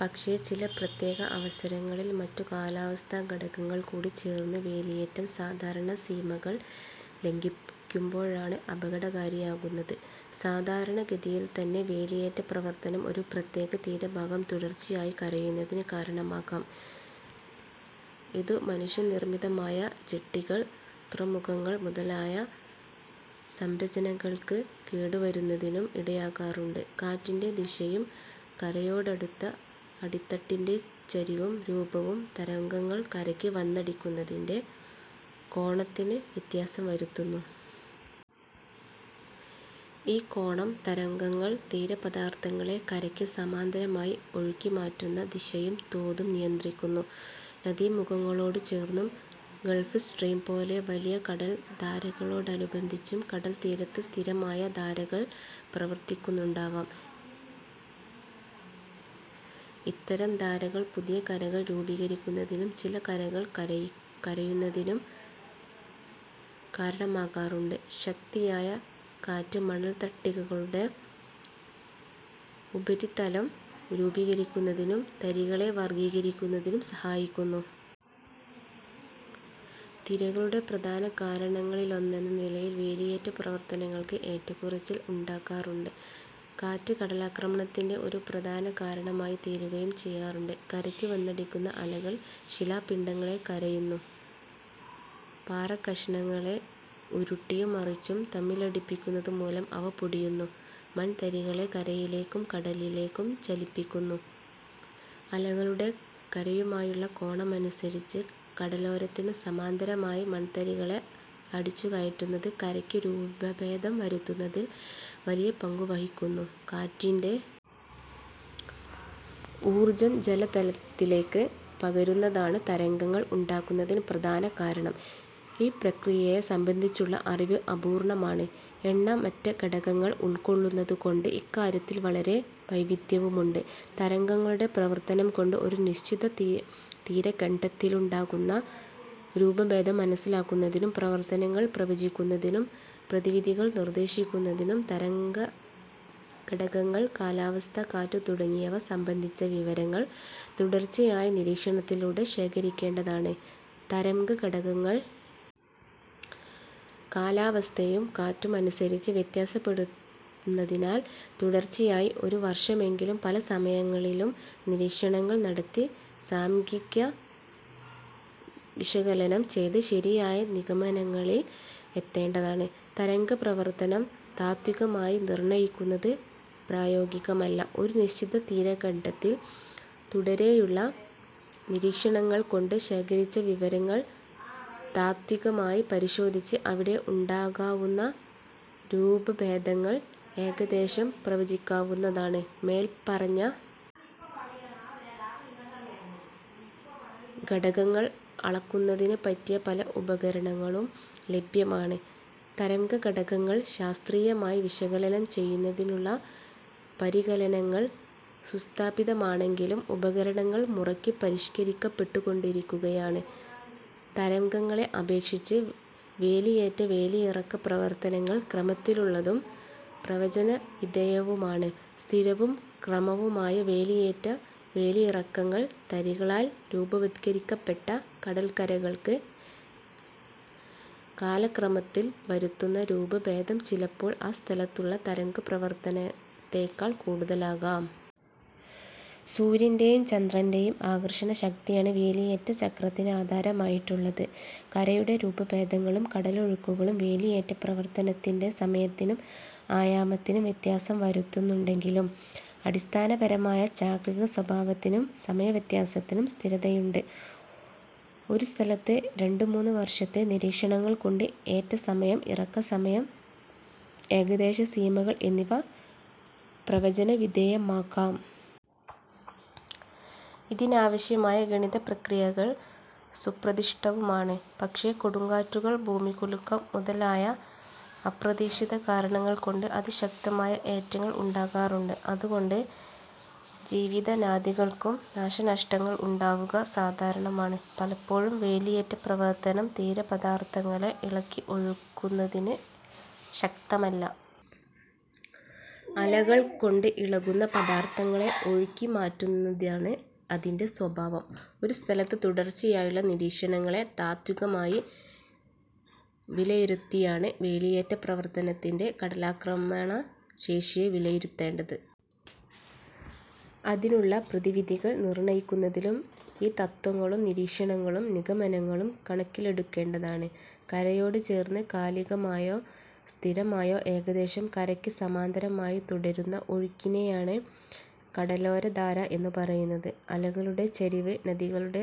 പക്ഷേ ചില പ്രത്യേക അവസരങ്ങളിൽ മറ്റു കാലാവസ്ഥാ ഘടകങ്ങൾ കൂടി ചേർന്ന് വേലിയേറ്റം സാധാരണ സീമകൾ ലംഘിക്കുമ്പോഴാണ് അപകടകാരിയാകുന്നത്. സാധാരണഗതിയിൽത്തന്നെ വേലിയേറ്റ പ്രവർത്തനം ഒരു പ്രത്യേക തീരഭാഗം തുടർച്ചയായി കരയുന്നതിന് കാരണമാകാം. ഇതു മനുഷ്യനിർമിതമായ ജട്ടികൾ, തുറമുഖങ്ങൾ മുതലായ സംരചനകൾക്ക് കേടുവരുന്നതിനും ഇടയാകാറുണ്ട്. കാറ്റിൻ്റെ ദിശയും കരയോടടുത്ത അടിത്തട്ടിൻ്റെ ചരിവും രൂപവും തരംഗങ്ങൾ കരയ്ക്ക് വന്നടിക്കുന്നതിൻ്റെ കോണത്തിന് വ്യത്യാസം വരുത്തുന്നു. ഈ കോണം, തരംഗങ്ങൾ തീരപദാർഥങ്ങളെ കരയ്ക്ക് സമാന്തരമായി ഒഴുക്കി മാറ്റുന്ന ദിശയും തോതും നിയന്ത്രിക്കുന്നു. നദീമുഖങ്ങളോടു ചേർന്നും, ഗൾഫ് സ്ട്രീം പോലെ വലിയ കടൽധാരകളോടനുബന്ധിച്ചും കടൽത്തീരത്ത് സ്ഥിരമായ ധാരകൾ പ്രവർത്തിക്കുന്നുണ്ടാവാം. ഇത്തരം ധാരകൾ പുതിയ കരകൾ രൂപീകരിക്കുന്നതിനും ചില കരകൾ കരയുന്നതിനും കാരണമാകാറുണ്ട്. ശക്തിയായ കാറ്റ് മണൽത്തിട്ടകളുടെ ഉപരിതലം രൂപീകരിക്കുന്നതിനും തരികളെ വർഗീകരിക്കുന്നതിനും സഹായിക്കുന്നു. തിരകളുടെ പ്രധാന കാരണങ്ങളിലൊന്നെന്ന നിലയിൽ വേലിയേറ്റ പ്രവർത്തനങ്ങൾക്ക് ഏറ്റക്കുറച്ചിൽ ഉണ്ടാകാറുണ്ട്. കാറ്റ് കടലാക്രമണത്തിൻ്റെ ഒരു പ്രധാന കാരണമായി തീരുകയും ചെയ്യാറുണ്ട്. കരയ്ക്കു വന്നടിക്കുന്ന അലകൾ ശിലാപിണ്ഡങ്ങളെ കരയുന്നു. പാറക്കഷണങ്ങളെ ഉരുട്ടിയും മറിച്ചും തമ്മിലടിപ്പിക്കുന്നതുമൂലം അവ പൊടിയുന്നു. മൺതരികളെ കരയിലേക്കും കടലിലേക്കും ചലിപ്പിക്കുന്നു. അലകളുടെ കരയുമായുള്ള കോണമനുസരിച്ച് കടലോരത്തിനു സമാന്തരമായി മൺതരികളെ അടിച്ചുകയറ്റുന്നത് കരയ്ക്ക് രൂപഭേദം വരുത്തുന്നതിൽ വലിയ പങ്കുവഹിക്കുന്നു. കാറ്റിൻ്റെ ഊർജം ജലതലത്തിലേക്ക് പകരുന്നതാണ് തരംഗങ്ങൾ ഉണ്ടാകുന്നതിന് പ്രധാന കാരണം. ഈ പ്രക്രിയയെ സംബന്ധിച്ചുള്ള അറിവ് അപൂർണമാണ്. എണ്ണമറ്റ ഘടകങ്ങൾ ഉൾക്കൊള്ളുന്നതുകൊണ്ട് ഇക്കാര്യത്തിൽ വളരെ വൈവിധ്യവുമുണ്ട്. തരംഗങ്ങളുടെ പ്രവർത്തനം കൊണ്ട് ഒരു നിശ്ചിത തീരഖണ്ഡത്തിനുണ്ടാകുന്ന രൂപഭേദം മനസ്സിലാക്കുന്നതിനും പ്രവർത്തനങ്ങൾ പ്രവചിക്കുന്നതിനും പ്രതിവിധികൾ നിർദ്ദേശിക്കുന്നതിനും തരംഗഘടകങ്ങൾ, കാലാവസ്ഥ, കാറ്റ് തുടങ്ങിയവ സംബന്ധിച്ച വിവരങ്ങൾ തുടർച്ചയായ നിരീക്ഷണത്തിലൂടെ ശേഖരിക്കേണ്ടതാണ്. തരംഗഘടകങ്ങൾ കാലാവസ്ഥയും കാറ്റും അനുസരിച്ച് വ്യത്യാസപ്പെടുന്നതിനാൽ തുടർച്ചയായി ഒരു വർഷമെങ്കിലും പല സമയങ്ങളിലും നിരീക്ഷണങ്ങൾ നടത്തി സാംഖ്യിക വിശകലനം ചെയ്ത് ശരിയായ നിഗമനങ്ങളിൽ എത്തേണ്ടതാണ്. തരംഗപ്രവർത്തനം താത്വികമായി നിർണയിക്കുന്നത് പ്രായോഗികമല്ല. ഒരു നിശ്ചിത തീരഖണ്ഡത്തിൽ തുടരെയുള്ള നിരീക്ഷണങ്ങൾ കൊണ്ട് ശേഖരിച്ച വിവരങ്ങൾ താത്വികമായി പരിശോധിച്ച് അവിടെ ഉണ്ടാകാവുന്ന രൂപഭേദങ്ങൾ ഏകദേശം പ്രവചിക്കാവുന്നതാണ്. മേൽപ്പറഞ്ഞ ഘടകങ്ങൾ അളക്കുന്നതിന് പറ്റിയ പല ഉപകരണങ്ങളും ലഭ്യമാണ്. തരംഗഘടകങ്ങൾ ശാസ്ത്രീയമായി വിശകലനം ചെയ്യുന്നതിനുള്ള പരികലനങ്ങൾ സുസ്ഥാപിതമാണെങ്കിലും ഉപകരണങ്ങൾ മുറയ്ക്ക് പരിഷ്കരിക്കപ്പെട്ടുകൊണ്ടിരിക്കുകയാണ്. തരംഗങ്ങളെ അപേക്ഷിച്ച് വേലിയേറ്റ വേലിയിറക്ക പ്രവർത്തനങ്ങൾ ക്രമത്തിലുള്ളതും പ്രവചനവിധേയവുമാണ്. സ്ഥിരവും ക്രമവുമായ വേലിയേറ്റ വേലിയിറക്കങ്ങൾ തരികളാൽ രൂപവത്കരിക്കപ്പെട്ട കടൽക്കരകൾക്ക് കാലക്രമത്തിൽ വരുത്തുന്ന രൂപഭേദം ചിലപ്പോൾ ആ സ്ഥലത്തുള്ള തരംഗപ്രവർത്തനത്തെക്കാൾ കൂടുതലാകാം. സൂര്യൻ്റെ യും ചന്ദ്രൻ്റെ യും ആകർഷണശക്തിയാണ് വേലിയേറ്റ ചക്രത്തിന് ആധാരമായിട്ടുള്ളത്. കരയുടെ രൂപഭേദങ്ങളും കടലൊഴുക്കുകളും വേലിയേറ്റ പ്രവർത്തനത്തിൻ്റെ സമയത്തിനും ആയാമത്തിനും വ്യത്യാസം വരുത്തുന്നുണ്ടെങ്കിലും അടിസ്ഥാനപരമായ ചാക്രിക സ്വഭാവത്തിനും സമയവ്യത്യാസത്തിനും സ്ഥിരതയുണ്ട്. ഒരു സ്ഥലത്ത് രണ്ടു മൂന്ന് വർഷത്തെ നിരീക്ഷണങ്ങൾ കൊണ്ട് ഏറ്റസമയം, ഇറക്കസമയം, ഏകദേശ സീമകൾ എന്നിവ പ്രവചനവിധേയമാക്കാം. ഇതിനാവശ്യമായ ഗണിതപ്രക്രിയകൾ സുപ്രതിഷ്ഠിതവുമാണ്. പക്ഷേ കൊടുങ്കാറ്റുകൾ, ഭൂമികുലുക്കം മുതലായ അപ്രതീക്ഷിത കാരണങ്ങൾ കൊണ്ട് അതിശക്തമായ ഏറ്റങ്ങൾ ഉണ്ടാകാറുണ്ട്. അതുകൊണ്ട് ജീവധനാദികൾക്കും നാശനഷ്ടങ്ങൾ ഉണ്ടാവുക സാധാരണമാണ്. പലപ്പോഴും വേലിയേറ്റ പ്രവർത്തനം തീരപദാർഥങ്ങളെ ഇളക്കി ഒഴുക്കുന്നതിന് ശക്തമല്ല. അലകൾകൊണ്ട് ഇളകുന്ന പദാർഥങ്ങളെ ഒഴുക്കി മാറ്റുന്നതാണ് അതിൻ്റെ സ്വഭാവം. ഒരു സ്ഥലത്ത് തുടർച്ചയായുള്ള നിരീക്ഷണങ്ങളെ താത്വികമായി വിലയിരുത്തിയാണ് വേലിയേറ്റ പ്രവർത്തനത്തിൻ്റെ കടലാക്രമണ ശേഷിയെ വിലയിരുത്തേണ്ടത്. അതിനുള്ള പ്രതിവിധികൾ നിർണയിക്കുന്നതിലും ഈ തത്ത്വങ്ങളും നിരീക്ഷണങ്ങളും നിഗമനങ്ങളും കണക്കിലെടുക്കേണ്ടതാണ്. കരയോടു ചേർന്ന് കാലികമായോ സ്ഥിരമായോ ഏകദേശം കരയ്ക്ക് സമാന്തരമായി തുടരുന്ന ഒഴുക്കിനെയാണ് കടലോരധാര എന്നു പറയുന്നത്. അലകളുടെ ചരിവ്, നദികളുടെ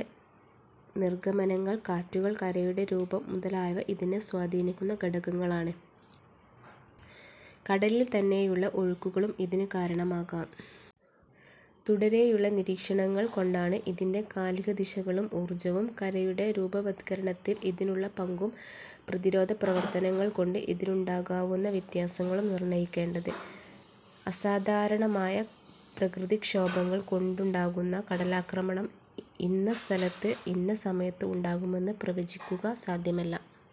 നിർഗമനങ്ങൾ, കാറ്റുകൾ, കരയുടെ രൂപം മുതലായവ ഇതിനെ സ്വാധീനിക്കുന്ന ഘടകങ്ങളാണ്. കടലിൽ തന്നെയുള്ള ഒഴുക്കുകളും ഇതിന് കാരണമാകാം. തുടരെയുള്ള നിരീക്ഷണങ്ങൾ കൊണ്ടാണ് ഇതിൻ്റെ കാലിക ദിശകളും ഊർജവും, കരയുടെ രൂപവത്കരണത്തിൽ ഇതിനുള്ള പങ്കും, പ്രതിരോധ പ്രവർത്തനങ്ങൾ കൊണ്ട് ഇതിനുണ്ടാകാവുന്ന വ്യത്യാസങ്ങളും നിർണയിക്കേണ്ടത്. അസാധാരണമായ പ്രകൃതിക്ഷോഭങ്ങൾ കൊണ്ടുണ്ടാകുന്ന കടലാക്രമണം ഇന്ന സ്ഥലത്ത് ഇന്ന സമയത്ത് ഉണ്ടാകുമെന്ന് പ്രവചിക്കുക സാധ്യമല്ല.